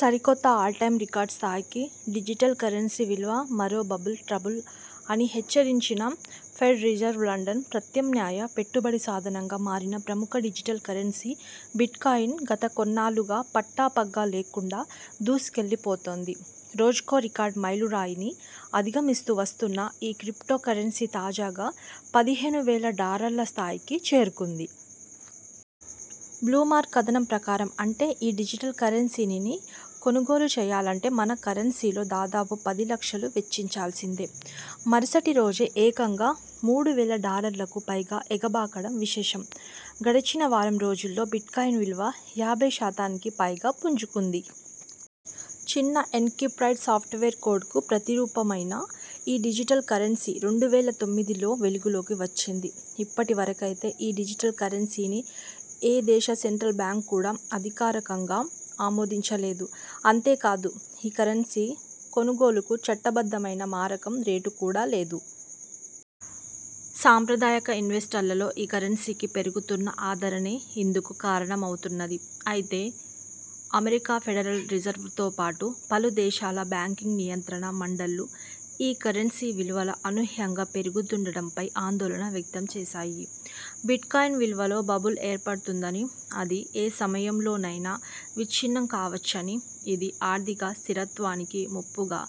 సరికొత్త all time record స్థాయికి digital currency విలువ మరో బబుల్ ట్రబుల్ అని హెచ్చరించిన ఫెడ్ రిజర్వ్ లండన్ ప్రత్యామ్నాయ పెట్టుబడి సాధనంగా మారిన ప్రముఖ డిజిటల్ కరెన్సీ బిట్కాయిన్, గత కొన్నాళ్లుగా పట్టపగ్గా ల్లేకుండా దూసుకెళ్లి పోతోంది. రోజుకో రికార్డు మైలు రాయిని అధిగ మిస్తూ వస్తున్న ఈ క్రిప్టో కరెన్సీ తాజాగా పదిహేను వేల డాలర్ల స్థాయికి చేరుకుంది. బ్లూమ్బర్గ్ కథనం ప్రకారం, అంటే ఈ డిజిటల్ కరెన్సీని కొనుగోలు చేయాలంటే మన కరెన్సీలో దాదాపు పది లక్షలు వెచ్చించాల్సిందే. మరుసటి రోజే ఏకంగా మూడు వేల డాలర్లకు పైగా ఎగ బాకడం విశేషం. గడచిన వారం రోజుల్లో బిట్కాయిన్ విలువ యాభై శాతానికి పైగా పుంజుకుంది. చిన్న ఎన్క్రిప్టెడ్ సాఫ్ట్వేర్ కోడ్కు ప్రతి రూపమైన ఈ డిజిటల్ కరెన్సీ రెండు వేల తొమ్మిదిలో వెలుగులోకి వచ్చింది. ఇప్పటి వరకైతే ఈ డిజిటల్ కరెన్సీని ఏ దేశ సెంట్రల్ బ్యాంక్ కూడా అధికారికంగా ఆమోదించ లేదు. అంతే కాదు ఈ కరెన్సీ కొనుగోలుకు చట్ట బద్ధమైన మారకం రేటు కూడా లేదు. సంప్రదాయక ఇన్వెస్టర్లలో ఈ కరెన్సీకి పెరుగుతున్న ఆదరణే ఇందుకు కారణమవుతున్నది. అయితే, అమెరికా ఫెడరల్ రిజర్వ్తోపాటు పలు దేశాల బ్యాంకింగ్ నియంత్రణ మండళ్లు ఈ కరెన్సీ విలువ అనూహ్యంగా పెరుగుతుండటంపై ఆందోళన వ్యక్తం చేశాయి. బిట్కాయిన్ విలువలో బబుల్ ఏర్పడుతున్నదని, అది ఏ సమయంలో నైనా విచ్ఛిన్నం కావచ్చని, ఇది ఆర్థిక స్థిరత్వానికి ముప్పుగా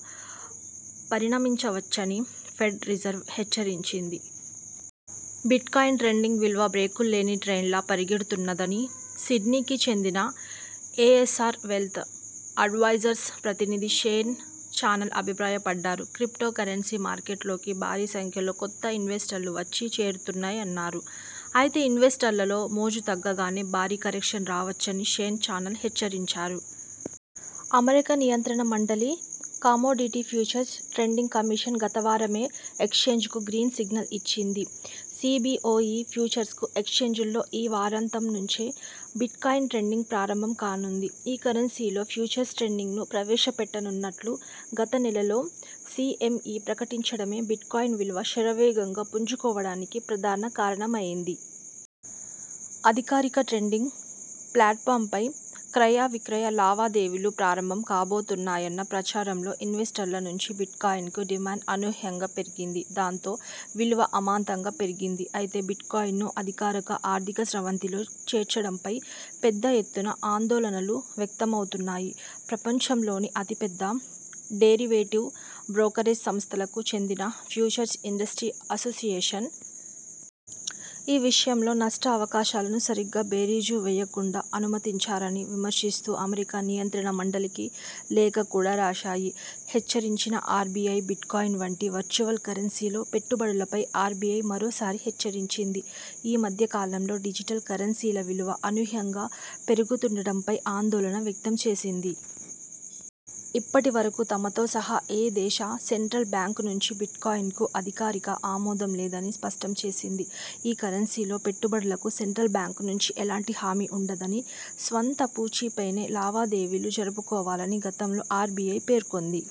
పరిణమించవచ్చని ఫెడ్ రిజర్వ్ హెచ్చరించింది. ''బిట్కాయిన్ ట్రేడింగ్ విలువ బ్రేకుల్లేని ట్రైన్లా పరుగెడుతున్నది'' అని సిడ్నీకి చెందిన ఎఎ్సఆర్ వెల్త్ అడ్వైజర్స్ ప్రతినిధి షేన్ చానెల్ అభిప్రాయపడ్డారు. క్రిప్టో కరెన్సీ మార్కెట్లోకి భారీ సంఖ్యలో కొత్త ఇన్వెస్టర్లు వచ్చి చేరుతున్నారన్నారు. అయితే, ఇన్వెస్టర్లలో మోజు తగ్గగానే భారీ కరెక్షన్ రా వచ్చని షేన్ చానల్ హెచ్చరించారు. అమెరికా నియంత్రణ మండలి 'కమోడిటీ ఫ్యూచర్స్ ట్రేడింగ్ కమిషన్' గత వారమే ఎక్స్చేంజ్కు గ్రీన్సిగ్నల్ ఇచ్చింది. సిబిఒఇ ఫ్యూచర్స్ ఎక్స్ఛేంజ్లో ఈ వారాంతం నుంచే బిట్కాయిన్ ట్రేడింగ్ ప్రారంభం కానుంది. ఈ కరెన్సీలో ఫ్యూచర్స్ ట్రేడింగ్ను ప్రవేశ పెట్టనున్నట్లు గతనెలలో సిఎంఇ ప్రకటించడమే బిట్కాయిన్ విలువ శర వేగంగా పుంజు కోవడానికి ప్రధాన కారణమైంది. అధికారిక ట్రేడింగ్ ప్లాట్ఫాంపై క్రయ విక్రయ లావా దేవీలు ప్రారంభం కాబోతున్నాయన్న సమాచారంతో ఇన్వెస్టర్ల నుంచి బిట్కాయిన్కు డిమాండ్ అన్యూహంగా పెరిగింది. దాంతో విలువ అమాంతంగా పెరిగింది. అయితే, బిట్కాయిన్ను అధికారిక ఆర్థిక స్రవంతిలో చేర్చడంపై పెద్ద ఎత్తున ఆందోళనలు వ్యక్తమవుతున్నాయి. ప్రపంచం లోని అతిపెద్ద డెరివేటివ్ బ్రోకరేజ్ సంస్థలకు చెందిన ఫ్యూచర్స్ ఇండస్ట్రీ అసోసియేషన్.. ఈ విషయంలో నష్ట అవకాశాలను సరిగ్గా బేరీజు వేయకుండా అనుమతించారని విమర్శిస్తూ అమెరికా నియంత్రణ మండలికి లేఖ కూడా రాశాయి. హెచ్చరించిన ఆర్బిఐ బిట్కాయిన్ వంటి వర్చువల్ కరెన్సీలో పెట్టు బడులపై ఆర్బిఐ మరోసారి హెచ్చరించింది. ఈ మధ్య కాలంలో డిజిటల్ కరెన్సీల విలువ అనూహ్యంగా పెరుగుతుండటంపై ఆందోళన వ్యక్తం చేసింది. ఇప్పటి వరకు తమతో సహా ఏ దేశ సెంట్రల్ బ్యాంక్ నుంచీ బిట్కాయిన్కు అధికారిక ఆమోదం లేదని స్పష్టం చేసింది. ఈ కరెన్సీలో పెట్టుబడులకు సెంట్రల్ బ్యాంక్ నుంచి ఎలాంటి హామీ ఉండదని, స్వంత పూచీపైనే లావాదేవీలు జరపు కోవాలని గతంలో ఆర్బిఐ పేర్కొంది.